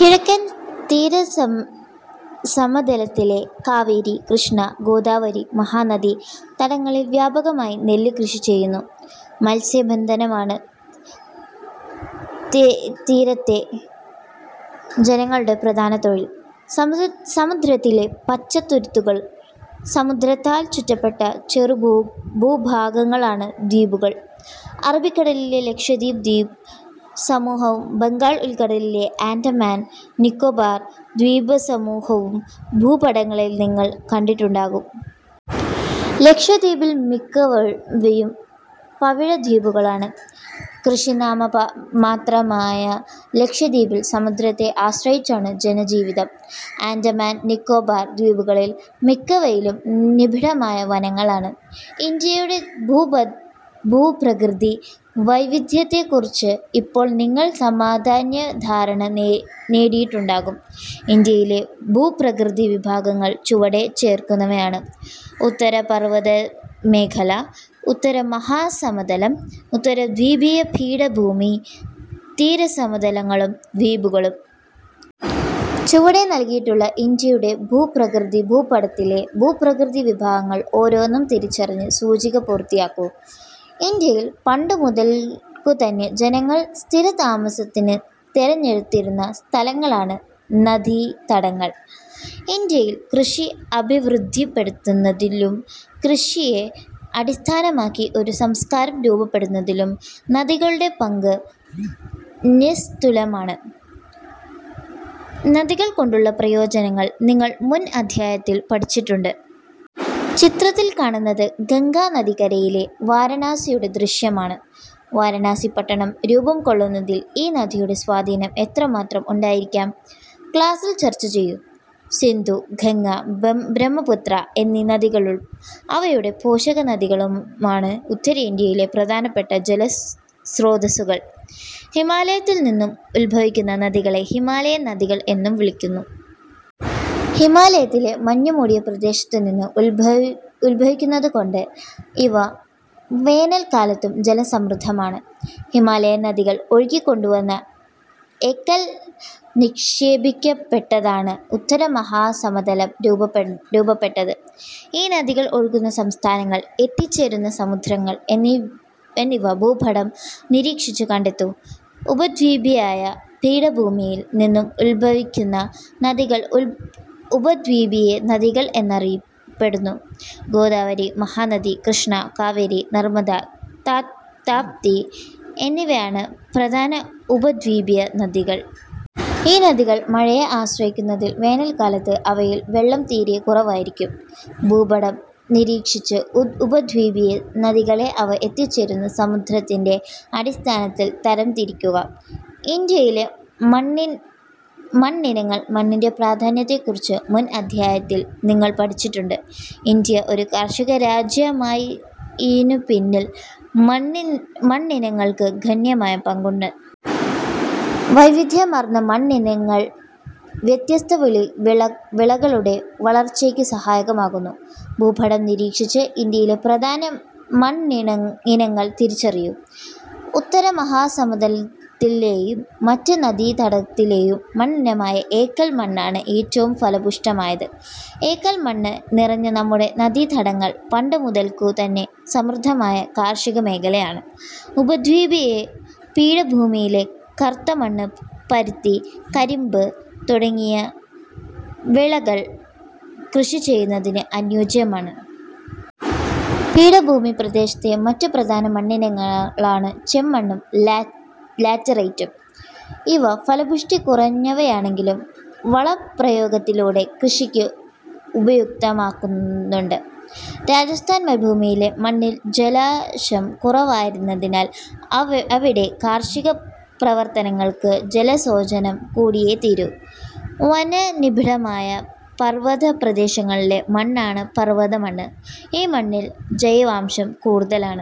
കിഴക്കൻ തീരസമതലത്തിലെ കാവേരി, കൃഷ്ണ, ഗോദാവരി, മഹാനദി തടങ്ങളിൽവ്യാപകമായി നെല്ല് കൃഷി ചെയ്യുന്നു. മത്സ്യ ബന്ധനമാണ് തീരത്തെ ജനങ്ങളുടെ പ്രധാന തൊഴിൽ. സമുദ്രത്തിലെ പച്ചത്തുരുത്തുകൾ സമുദ്രത്താൽ ചുറ്റപ്പെട്ട ചെറുഭൂഭാഗങ്ങളാണ് ദ്വീപുകൾ. അറബിക്കടലിലെ ലക്ഷദ്വീപ് ദ്വീപ് സമൂഹവും ബംഗാൾ ഉൾക്കടലിലെ ആൻഡമാൻ, നിക്കോബാർ ദ്വീപസമൂഹവും ഭൂപടങ്ങളിൽ നിങ്ങൾ കണ്ടിട്ടുണ്ടാകും. ലക്ഷദ്വീപിൽ മിക്കവയും പവിഴ ദ്വീപുകളാണ്. കൃഷി നാമ മാത്രമായ ലക്ഷദ്വീപിൽ സമുദ്രത്തെ ആശ്രയിച്ചാണ് ജനജീവിതം. ആൻഡമാൻ, നിക്കോബാർ ദ്വീപുകളിൽ മിക്കവയിലും നിബിഡമായ വനങ്ങളാണ്. ഇന്ത്യയുടെ ഭൂപ്രകൃതി വൈവിധ്യത്തെക്കുറിച്ച് ഇപ്പോൾ നിങ്ങൾ സാമാന്യധാരണ നേടിയിട്ടുണ്ടാകും. ഇന്ത്യയിലെ ഭൂപ്രകൃതി വിഭാഗങ്ങൾ ചുവടെ ചേർക്കുന്നവയാണ്. ഉത്തരപർവ്വതമേഖല, ഉത്തരമഹാസമതലം, ഉപദ്വീപീയ പീഠഭൂമി, തീരസമതലങ്ങളും ദ്വീപുകളും. ചുവടെ നൽകിയിട്ടുള്ള ഇന്ത്യയുടെ ഭൂപ്രകൃതി ഭൂപടത്തിലെ ഭൂപ്രകൃതി വിഭാഗങ്ങൾ ഓരോന്നും തിരിച്ചറിഞ്ഞ് സൂചിക പൂർത്തിയാക്കൂ. ഇന്ത്യയിൽ പണ്ടുമുതൽക്കുതന്നെ ജനങ്ങൾ സ്ഥിരതാമസത്തിന് തെരഞ്ഞെടുത്തിരുന്ന സ്ഥലങ്ങളാണ് നദീതടങ്ങൾ. ഇന്ത്യയിൽ കൃഷി അഭിവൃദ്ധിപ്പെടുന്നതിലും കൃഷിയെ അടിസ്ഥാനമാക്കി ഒരു സംസ്കാരം രൂപപ്പെടുന്നതിലും നദികളുടെ പങ്ക് നിസ്തുലമാണ്. നദികൾ കൊണ്ടുള്ള പ്രയോജനങ്ങൾ നിങ്ങൾ മുൻ അധ്യായത്തിൽ പഠിച്ചിട്ടുണ്ട്. ചിത്രത്തിൽ കാണുന്നത് ഗംഗാ നദിക്കരയിലെ വാരണാസിയുടെ ദൃശ്യമാണ്. വാരണാസി പട്ടണം രൂപം കൊള്ളുന്നതിൽ ഈ നദിയുടെ സ്വാധീനം എത്രമാത്രം ഉണ്ടായിരിക്കാം? ക്ലാസിൽ ചർച്ച ചെയ്യൂ. സിന്ധു, ഗംഗ, ബ്രഹ്മപുത്ര എന്നീ നദികളും അവയുടെ പോഷക നദികളുമാണ് ഉത്തരേന്ത്യയിലെ പ്രധാനപ്പെട്ട ജലസ്രോതസുകൾ. ഹിമാലയത്തിൽനിന്നും ഉത്ഭവിക്കുന്ന നദികളെ ഹിമാലയൻ നദികൾ എന്നു വിളിക്കുന്നു. ഹിമാലയത്തിലെ മഞ്ഞുമൂടിയ പ്രദേശത്തുനിന്ന് ഉത്ഭവിക്കുന്നതുകൊണ്ട് ഇവ വേനൽക്കാലത്തും ജലസമൃദ്ധമാണ്. ഹിമാലയൻ നദികൾ ഒഴുക്കികൊണ്ടുവന്ന എക്കൽ നിക്ഷേപിക്കപ്പെട്ടാണ് ഉത്തരമഹാസമതലം രൂപപ്പെട്ടത്. ഈ നദികൾ ഒഴുകുന്ന സംസ്ഥാനങ്ങൾ, എത്തിച്ചേരുന്ന സമുദ്രങ്ങൾ എന്നിവ ഭൂപടം നിരീക്ഷിച്ച് കണ്ടെത്തൂ. ഉപദ്വീപീയ പീഠഭൂമിയിൽ നിന്നും ഉത്ഭവിക്കുന്ന നദികൾ ഉപദ്വീപീയ നദികൾ എന്നറിയപ്പെടുന്നു. ഗോദാവരി, മഹാനദി, കൃഷ്ണ, കാവേരി, നർമ്മദ, താപ്തി എന്നിവയാണ് പ്രധാന ഉപദ്വീപീയ നദികൾ. ഈ നദികൾ മഴയെ ആശ്രയിക്കുന്നതിനാൽ വേനൽക്കാലത്ത് അവയിൽ വെള്ളം തീരെ കുറവായിരിക്കും. ഭൂപടം നിരീക്ഷിച്ച് ഉപദ്വീപീയ നദികളെ അവ എത്തിച്ചേരുന്ന സമുദ്രത്തിന്റെ അടിസ്ഥാനത്തിൽ തരം തിരിക്കുക. ഇന്ത്യയിലെ മണ്ണിനങ്ങൾ മണ്ണിന്റെ പ്രാധാന്യത്തെക്കുറിച്ച് മുൻ അധ്യായത്തിൽ നിങ്ങൾ പഠിച്ചിട്ടുണ്ട്. ഇന്ത്യ ഒരു കാർഷിക രാജ്യമായതിനുപിന്നിൽ മണ്ണിനങ്ങൾക്ക് ഗണ്യമായ പങ്കുണ്ട്. വൈവിധ്യമാർന്ന മണ്ണിനങ്ങൾ വ്യത്യസ്ത വിളകളുടെ വളർച്ചയ്ക്ക് സഹായകമാകുന്നു. ഭൂപടം നിരീക്ഷിച്ച് ഇന്ത്യയിലെ പ്രധാന മണ്ണിനങ്ങൾ തിരിച്ചറിയൂ. ഉത്തരമഹാസമതലത്തിലെയും മറ്റ് നദീതടങ്ങളിലെയും മണ്ണിനമായ എക്കൽ മണ്ണാണ് ഏറ്റവും ഫലപുഷ്ടമായത്. എക്കൽ മണ്ണ് നിറഞ്ഞ നമ്മുടെ നദീതടങ്ങൾ പണ്ടുമുതൽക്കു തന്നെ സമൃദ്ധമായ കാർഷികമേഖലയാണ്. ഉപദ്വീപീയ പീഠഭൂമിയിലെ കറുത്തമണ്ണ് പരുത്തി, കരിമ്പ് തുടങ്ങിയ വിളകൾ കൃഷി ചെയ്യുന്നതിന് അനുയോജ്യമാണ്. പീഠഭൂമി പ്രദേശത്തെ മറ്റു പ്രധാന മണ്ണിനങ്ങളാണ് ചെമ്മണ്ണും ലാറ്ററൈറ്റും. ഇവ ഫലപുഷ്ടി കുറഞ്ഞവയാണെങ്കിലും വളപ്രയോഗത്തിലൂടെ കൃഷിക്ക് ഉപയുക്തമാക്കുന്നുണ്ട്. രാജസ്ഥാൻ മരുഭൂമിയിലെ മണ്ണിൽ ജലാംശം കുറവായതിനാൽ അവിടെ കാർഷിക പ്രവർത്തനങ്ങൾക്ക് ജല സേചനം കൂടിയേ തീരൂ. വനനിബിഡമായ പർവ്വത പ്രദേശങ്ങളിലെ മണ്ണാണ് പർവത മണ്ണ്. ഈ മണ്ണിൽ ജൈവാംശം കൂടുതലാണ്.